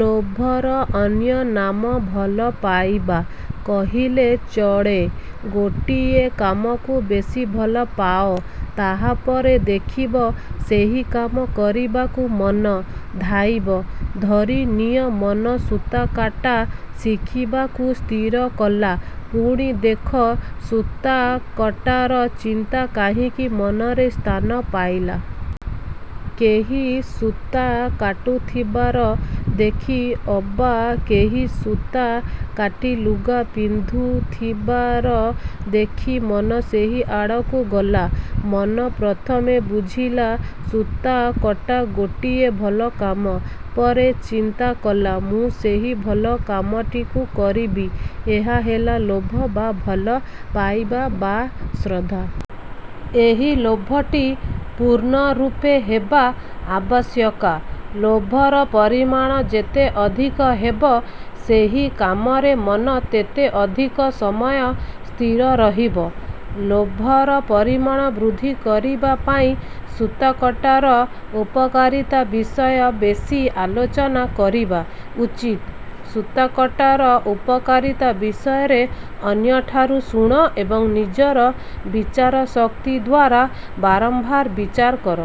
ଲୋଭର ଅନ୍ୟନାମ "ଭଲ ପାଇବା" କହିଲେ ଚଳେ। ଗୋଟିଏ କାମକୁ ବେଶୀ ଭଲ ପାଅ। ତାହାପରେ ଦେଖିବ, ସେହି କାମ କରିବାକୁ ମନ ଧାଇଁବ। ଧରି ନିଅ, ମନ ସୂତାକାଟା ଶିଖିବାକୁ ସ୍ଥିର କଲା। ପୁଣି ଦେଖ, ସୂତାକଟାର ଚିନ୍ତା କାହିଁକି ମନରେ ସ୍ଥାନ ପାଇଲା? କେହି ସୂତା କାଟୁଥିବାର ଦେଖି ଅବା କେହି ସୂତା କାଟି ଲୁଗା ପିନ୍ଧୁଥିବାର ଦେଖି ମନ ସେହି ଆଡ଼କୁ ଗଲା। ମନ ପ୍ରଥମେ ବୁଝିଲା, ସୂତାକଟା ଗୋଟିଏ ଭଲ କାମ। ପରେ ଚିନ୍ତା କଲା, ମୁଁ ସେହି ଭଲ କାମଟିକୁ କରିବି। ଏହା ହେଲା ଲୋଭ ବା ଭଲ ପାଇବା ବା ଶ୍ରଦ୍ଧା। ଏହି ଲୋଭଟି। ପୂର୍ଣ୍ଣରୂପେ ହେବା ଆବଶ୍ୟକା। ଲୋଭର ପରିମାଣ ଯେତେ ଅଧିକ ହେବ, ସେହି କାମରେ ମନ ତେତେ ଅଧିକ ସମୟ ସ୍ଥିର ରହିବ। ଲୋଭର ପରିମାଣ ବୃଦ୍ଧି କରିବା ପାଇଁ ସୂତାକଟାର ଉପକାରିତା ବିଷୟ ବେଶୀ ଆଲୋଚନା କରିବା ଉଚିତ। ସୂତାକଟାର ଉପକାରିତା ବିଷୟରେ ଅନ୍ୟଠାରୁ ଶୁଣ ଏବଂ ନିଜର ବିଚାରଶକ୍ତି ଦ୍ଵାରା ବାରମ୍ବାର ବିଚାର କର।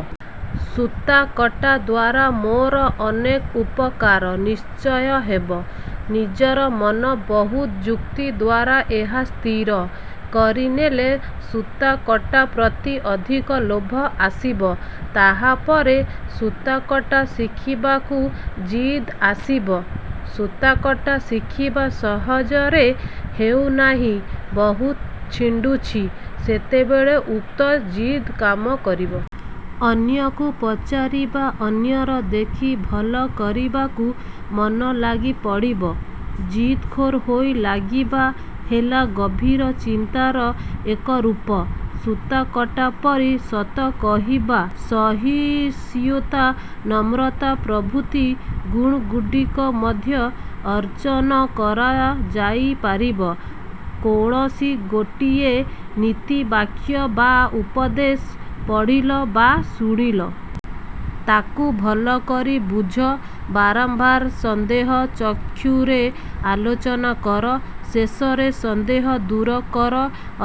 ସୂତାକଟା ଦ୍ଵାରା ମୋର ଅନେକ ଉପକାର ନିଶ୍ଚୟ ହେବ। ନିଜର ମନ ବହୁ ଯୁକ୍ତି ଦ୍ଵାରା ଏହା ସ୍ଥିର କରିନେଲେ ସୂତାକଟା ପ୍ରତି ଅଧିକ ଲୋଭ ଆସିବ। ତାହାପରେ ସୂତାକଟା ଶିଖିବାକୁ ଜିଦ୍ ଆସିବ-। ସୂତାକଟା ଶିଖିବା ସହଜରେ ହେଉନାହିଁ, ବହୁତ ଛିଣ୍ଡୁଛି। ସେତେବେଳେ ଉକ୍ତ ଜିଦ୍ କାମ କରିବ। ଅନ୍ୟକୁ ପଚାରିବା ଅନ୍ୟର ଦେଖି ଭଲ କରିବାକୁ ମନ ଲାଗିପଡ଼ିବ। ଜିଦଖୋର୍ ହୋଇ ଲାଗିବା ହେଲା ଗଭୀର ଚିନ୍ତାର ଏକ ରୂପ। ସୂତାକଟାପରି ସତ କହିବା, ସହିଷ୍ଣୁତା, ନମ୍ରତା ପ୍ରଭୃତି ଗୁଣଗୁଡ଼ିକ ମଧ୍ୟ ଅର୍ଜନ କରାଯାଇ ପାରିବ। କୌଣସି ଗୋଟିଏ ନୀତିବାକ୍ୟ ବା ଉପଦେଶ ପଢ଼ିଲ ବା ଶୁଣିଲ। ତାକୁ ଭଲକରି ବୁଝ, ବାରମ୍ବାର ସନ୍ଦେହ ଚକ୍ଷୁରେ ଆଲୋଚନା କର; ଶେଷରେ ସନ୍ଦେହ ଦୂର କର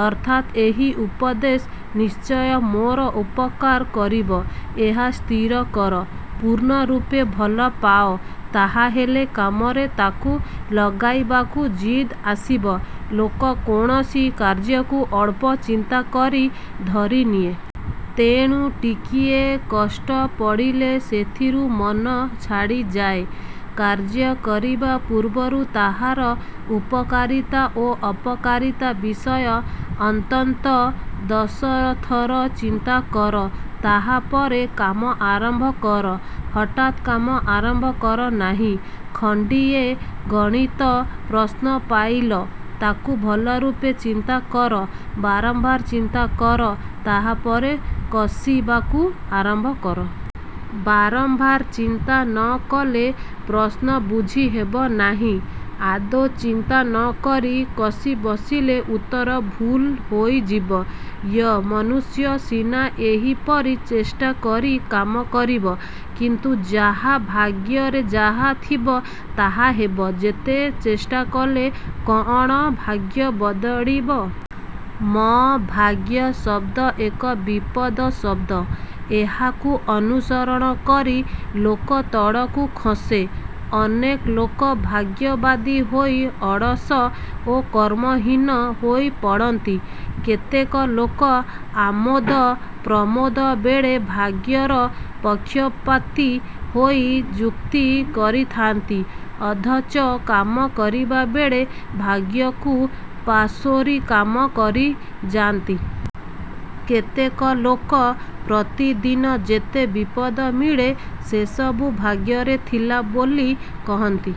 ଅର୍ଥାତ୍ ଏହି ଉପଦେଶ ନିଶ୍ଚୟ ମୋର ଉପକାର କରିବ, ଏହା ସ୍ଥିର କର। ପୂର୍ଣ୍ଣରୂପେ ଭଲ ପାଅ, ତାହାହେଲେ କାମରେ ତାକୁ ଲଗାଇବାକୁ ଜିଦ୍ ଆସିବ। ଲୋକ କୌଣସି କାର୍ଯ୍ୟକୁ ଅଳ୍ପ ଚିନ୍ତା କରି ଧରିନିଏ। ତେଣୁ ଟିକିଏ କଷ୍ଟ ପଡ଼ିଲେ ସେଥିରୁ ମନ ଛାଡ଼ିଯାଏ। କାର୍ଯ୍ୟ କରିବା ପୂର୍ବରୁ ତାହାର ଉପକାରିତା ଓ ଅପକାରିତା ବିଷୟ ଅନ୍ତତଃ ଦଶଥର ଚିନ୍ତା କର, ତାହାପରେ କାମ ଆରମ୍ଭ କର। ହଠାତ୍ କାମ ଆରମ୍ଭ କର ନାହିଁ। ଖଣ୍ଡିଏ ଗଣିତ ପ୍ରଶ୍ନ ପାଇଲ। ତାକୁ ଭଲରୂପେ ଚିନ୍ତା କର, ବାରମ୍ବାର ଚିନ୍ତା କର; ତାହାପରେ କଷିବାକୁ ଆରମ୍ଭ କର। ବାରମ୍ବାର ଚିନ୍ତା ନ କଲେ ପ୍ରଶ୍ନ ବୁଝି ହେବ ନାହିଁ। ଆଦୌ ଚିନ୍ତା ନ କରି କଷି ବସିଲେ ଉତ୍ତର ଭୁଲ୍ ହୋଇଯିବ। ୟ-ମନୁଷ୍ୟ ସିନା ଏହିପରି ଚେଷ୍ଟା କରି କାମ କରିବ, କିନ୍ତୁ ଯାହା ଭାଗ୍ୟରେ ଯାହା ଥିବ; ତାହା ହେବ। ଯେତେ ଚେଷ୍ଟା କଲେ କଅଣ ଭାଗ୍ୟ ବଦଳିବ? ମ-ଭାଗ୍ୟ ଶବ୍ଦ ଏକ ବିପଦ ଶବ୍ଦ। ଏହାକୁ ଅନୁସରଣ କରି ଲୋକ ତଳକୁ ଖସେ। ଅନେକ ଲୋକ ଭାଗ୍ୟବାଦୀ ହୋଇ ଅଳସ ଓ କର୍ମହୀନ ହୋଇ ପଡ଼ନ୍ତି। କେତେକ ଲୋକ ଆମୋଦ ପ୍ରମୋଦ ବେଳେ ଭାଗ୍ୟର ପକ୍ଷପାତୀ ହୋଇ ଯୁକ୍ତି କରିଥାନ୍ତି ଅଥଚ କାମ କରିବାବେଳେ ଭାଗ୍ୟକୁ ପାସୋରି କାମ କରିଯାନ୍ତି। କେତେକ ଲୋକ ପ୍ରତିଦିନ ଯେତେ ବିପଦ ମିଳେ ସେସବୁ ଭାଗ୍ୟରେ ଥିଲା ବୋଲି କହନ୍ତି,